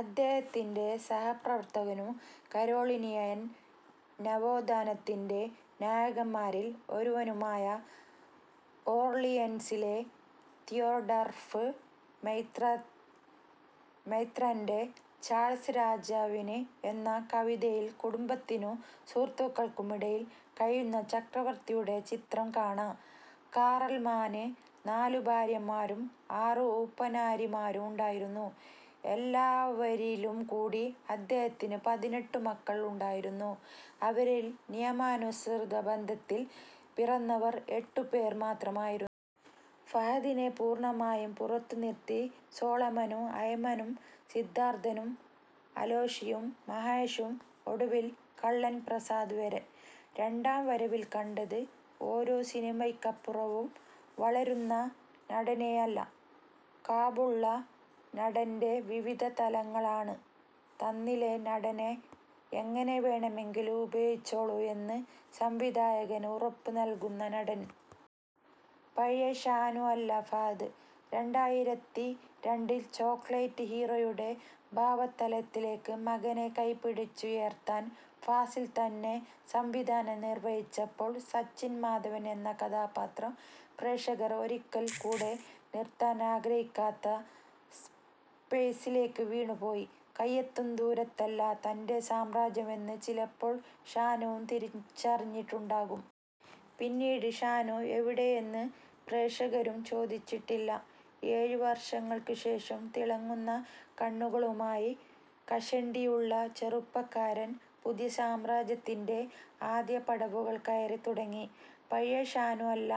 അദ്ദേഹത്തിന്റെ സഹപ്രവർത്തകനും കരോളിനിയൻ നവോത്ഥാനത്തിന്റെ നായകന്മാരിൽ ഒരുവനുമായ ഓർളിയൻസിലെ Theodulf മെത്രാന്റെ, "Charles രാജാവിന്" എന്ന കവിതയിൽ, കുടുംബത്തിനും സുഹൃത്തുക്കൾക്കുമിടയിൽ കഴിയുന്ന ചക്രവർത്തിയുടെ ചിത്രം കാണാം. കാറൽമാന് നാലു ഭാര്യമാരും ആറു ഉപനാരിമാരും ഉണ്ടായിരുന്നു. എല്ലാവരിലുംകൂടി അദ്ദേഹത്തിനു പതിനെട്ടു മക്കൾ ഉണ്ടായിരുന്നു. അവരിൽ നിയമാനുസൃതബന്ധത്തിൽ പിറന്നവർ എട്ടു പേർ മാത്രമായിരുന്നു. ഫഹദിനെ പൂർണമായി പുറത്തു നിർത്തി സോളമനും അയ്മനം സിദ്ധാർത്ഥനും അലോഷിയും മഹേഷും ഒടുവിൽ കള്ളൻ പ്രസാദ് വരെ. രണ്ടാം വരവിൽ കണ്ടത് ഓരോ സിനിമയ്ക്കപ്പുറവും വളരുന്ന നടനെയല്ല, കാമ്പുള്ള നടന്റെ വിവിധ തലങ്ങളാണ്. തന്നിലെ നടനെ എങ്ങനെ വേണമെങ്കിലും ഉപയോഗിച്ചോളൂ എന്ന് സംവിധായകന് ഉറപ്പു നൽകുന്ന നടൻ. പഴയ ഷാനു അല്ല ഫഹദ് രണ്ടായിരത്തി രണ്ടിൽ ചോക്ലേറ്റ് ഹീറോയുടെ ഭാവതലത്തിലേക്ക് മകനെ കൈ പിടിച്ചുയർത്താൻ ഫാസിൽ തന്നെ സംവിധാനം നിർവഹിച്ചപ്പോൾ, സച്ചിൻ മാധവൻ എന്ന കഥാപാത്രം പ്രേക്ഷകർ ഒരിക്കൽ കൂടെ നിർത്താൻ ആഗ്രഹിക്കാത്ത സ്പേസിലേക്കു വീണു പോയി. കയ്യെത്തും ദൂരത്തല്ല തന്റെ സാമ്രാജ്യം എന്ന് ചിലപ്പോൾ ഷാനുവും തിരിച്ചറിഞ്ഞിട്ടുണ്ടാകും. പിന്നീട് ഷാനു എവിടെ എന്ന് പ്രേക്ഷകരും ചോദിച്ചിട്ടില്ല. ഏഴു വർഷങ്ങൾക്കു ശേഷം തിളങ്ങുന്ന കണ്ണുകളുമായി കഷണ്ടിയുള്ള ചെറുപ്പക്കാരൻ പുതിയ സാമ്രാജ്യത്തിന്റെ ആദ്യ പടവുകൾ കയറി തുടങ്ങി. പഴയ ഷാനു അല്ല..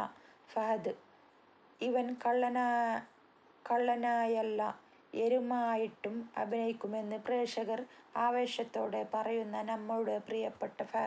ഫഹദ്.. ഇവൻ കള്ളനായല്ല, എരുമ ആയിട്ടും അഭിനയിക്കുമെന്ന് പ്രേക്ഷകർ ആവേശത്തോടെ പറയുന്ന നമ്മളുടെ പ്രിയപ്പെട്ട ഫഹദ്.